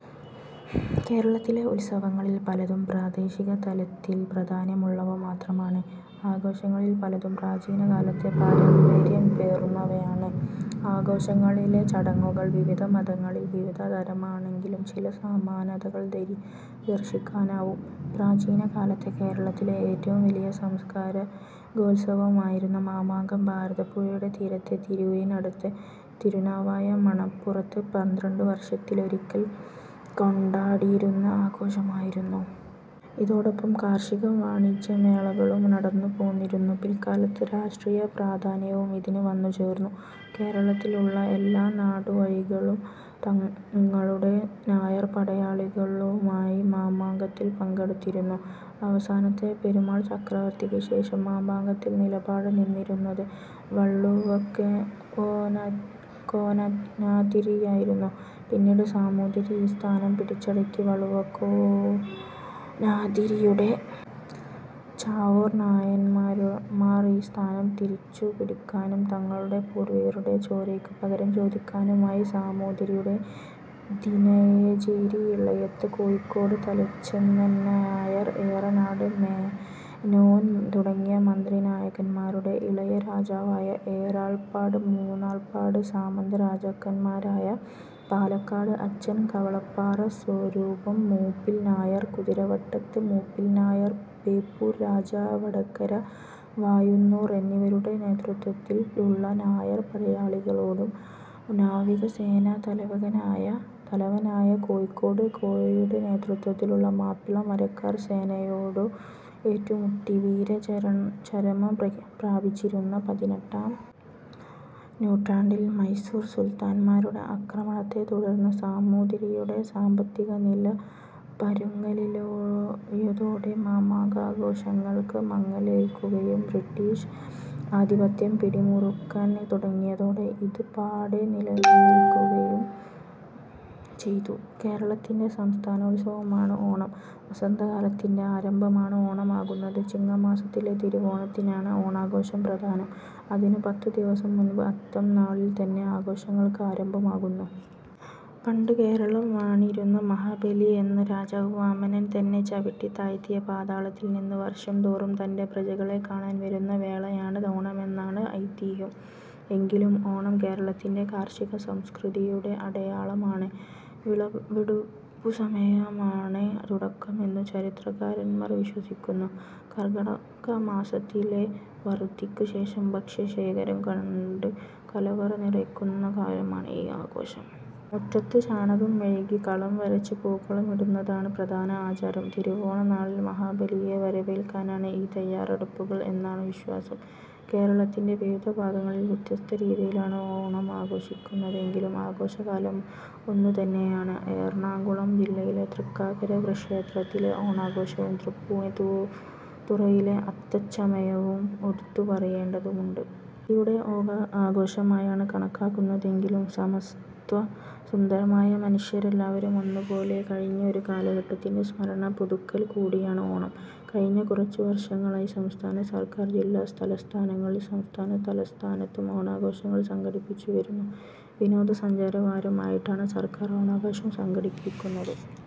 കേരളത്തിലെ ഉത്സവങ്ങളിൽ പലതും പ്രാദേശിക തലത്തിൽ പ്രാധാന്യമുള്ളവ മാത്രമാണ്. ആഘോഷങ്ങളിൽ പലതും പ്രാചീനകാലത്തെ പാരമ്പര്യം പേറുന്നവയാണ്. ആഘോഷങ്ങളിലെ ചടങ്ങുകൾ വിവിധ മതങ്ങളിൽ വിവിധ തരമാണെങ്കിലും ചില സമാനതകൾ ദർശിക്കാനാവും. പ്രാചീനകാലത്തെ കേരളത്തിലെ ഏറ്റവും വലിയ സാംസ്കാരികോത്സവമായിരുന്ന മാമാങ്കം ഭാരതപ്പുഴയുടെ തീരത്തെ തിരൂരിനടുത്ത് തിരുനാവായ മണപ്പുറത്ത് പന്ത്രണ്ട് വർഷത്തിലൊരിക്കൽ കൊണ്ടാടിയിരുന്ന ആഘോഷമായിരുന്നു. ഇതോടൊപ്പം കാർഷിക വാണിജ്യമേളകളും നടന്നുപോന്നിരുന്നു. പിൽക്കാലത്ത് രാഷ്ട്രീയ പ്രാധാന്യവും ഇതിന് വന്നുചേർന്നു. കേരളത്തിൽ ഉള്ള എല്ലാ നാടുവാഴികളും തങ്ങളുടെ നായർ പടയാളികളുമായി മാമാങ്കത്തിൽ പങ്കെടുത്തിരുന്നു. അവസാനത്തെ പെരുമാൾ ചക്രവർത്തിക്ക് ശേഷം മാമാങ്കത്തിൽ നിലപാട് നിന്നിരുന്നത് വള്ളുവക്കോനാതിരി ആയിരുന്നു. പിന്നീട് സാമൂതിരി ഈ സ്ഥാനം പിടിച്ചടക്കി. വള്ളുവക്കോനാതിരിയുടെ ചാവേർ നായന്മാർ ഈ സ്ഥാനം തിരിച്ചുപിടിക്കാനും തങ്ങളുടെ പൂർവികരുടെ ചോരയ്ക്ക് പകരം ചോദിക്കാനുമായി സാമൂതിരിയുടെ തിനയഞ്ചേരി ഇളയത് കോഴിക്കോട് തലച്ചെന്നനായർ ഏറനാട് മേനോൻ തുടങ്ങിയ മന്ത്രി നായകന്മാരുടെയും ഇളയ രാജാവായ ഏറാൾപ്പാട് മൂന്നാൾപ്പാട് സാമന്ത രാജാക്കന്മാരായ പാലക്കാട് അച്ചൻ കവളപ്പാറ സ്വരൂപം മൂപ്പിൽ നായർ കുതിരവട്ടത്ത് മൂപ്പിൽ നായർ ബേപ്പൂർ രാജാ വടകര വാഴുന്നോർ എന്നിവരുടെ നേതൃത്വത്തിലുള്ള നായർ പടയാളികളോടും നാവികസേനാ തലവനായ കോഴിക്കോട് കോയയുടെ നേതൃത്വത്തിലുള്ള മാപ്പിള മരക്കാർ സേനയോടും ഏറ്റുമുട്ടി വീരചരമം പ്രാപിച്ചിരുന്നു. പതിനെട്ടാം നൂറ്റാണ്ടിൽ മൈസൂർ സുൽത്താന്മാരുടെ ആക്രമണത്തെ തുടർന്ന് സാമൂതിരിയുടെ സാമ്പത്തികനില പരുങ്ങലിലായതോടെ മാമാങ്കാഘോഷങ്ങൾക്ക് മങ്ങലേൽക്കുകയും ബ്രിട്ടീഷ് ആധിപത്യം പിടിമുറുക്കാൻ തുടങ്ങിയതോടെ ഇത് പാടേ നിലയ്ക്കുകയും ചെയ്തു. കേരളത്തിൻ്റെ സംസ്ഥാനോത്സവമാണ് ഓണം. വസന്തകാലത്തിൻ്റെ ആരംഭമാണ് ഓണമാകുന്നത്. ചിങ്ങമാസത്തിലെ തിരുവോണത്തിനാണ് ഓണാഘോഷം പ്രധാനം. അതിനു പത്തു ദിവസം മുൻപ് അത്തം നാളിൽ തന്നെ ആഘോഷങ്ങൾക്ക് ആരംഭമാകുന്നു. പണ്ട് കേരളം വാണിരുന്ന മഹാബലി എന്ന രാജാവ് വാമനൻ തന്നെ ചവിട്ടിത്താഴ്ത്തിയ പാതാളത്തിൽ നിന്ന് വർഷം തോറും തൻ്റെ പ്രജകളെ കാണാൻ വരുന്ന വേളയാണ് ഓണമെന്നാണ് ഐതിഹ്യം. എങ്കിലും ഓണം കേരളത്തിൻ്റെ കാർഷിക സംസ്കൃതിയുടെ അടയാളമാണ്. വിളവെടുപ്പുത്സവമായാണ് തുടക്കം എന്നു ചരിത്രകാരന്മാർ വിശ്വസിക്കുന്നു. കർക്കടകമാസത്തിലെ വറുതിക്ക് ശേഷം ഭക്ഷ്യശേഖരം കൊണ്ട് കലവറ നിറയുന്ന കാലമാണ് ഈ ആഘോഷം. മുറ്റത്ത് ചാണകം മെഴുകി കളം വരച്ച് പൂക്കളമിടുന്നതാണ് പ്രധാന ആചാരം. തിരുവോണ നാളിൽ മഹാബലിയെ വരവേൽക്കാനാണ് ഈ തയ്യാറെടുപ്പുകൾ എന്നാണു വിശ്വാസം. കേരളത്തിൻ്റെ വിവിധ ഭാഗങ്ങളിൽ വ്യത്യസ്ത രീതിയിലാണ് ഓണം ആഘോഷിക്കുന്നതെങ്കിലും ആഘോഷകാലം ഒന്നു തന്നെയാണ്. എറണാകുളം ജില്ലയിലെ തൃക്കാക്കര ക്ഷേത്രത്തിലെ ഓണാഘോഷവും തൃപ്പൂണിത്തുറയിലെ അത്തച്ചമയവും എടുത്തുപറയേണ്ടതാണ്. സമൃദ്ധിയുടെ ആഘോഷമായാണ് കണക്കാക്കുന്നതെങ്കിലും സമത്വസുന്ദരമായ മാനുഷരെല്ലാവരും ഒന്നു പോലെ കഴിഞ്ഞ ഒരു കാലഘട്ടത്തിൻ്റെ സ്മരണ പുതുക്കൽ കൂടിയാണ് ഓണം. കഴിഞ്ഞ കുറച്ചു വർഷങ്ങളായി സംസ്ഥാന സർക്കാർ ജില്ലാ തലസ്ഥാനങ്ങളിലും സംസ്ഥാന തലസ്ഥാനത്തും ഓണാഘോഷങ്ങൾ സംഘടിപ്പിച്ചു വരുന്നു. വിനോദസഞ്ചാര വാരം ആയിട്ടാണ് സർക്കാർ ഓണാഘോഷം സംഘടിപ്പിക്കുന്നത്.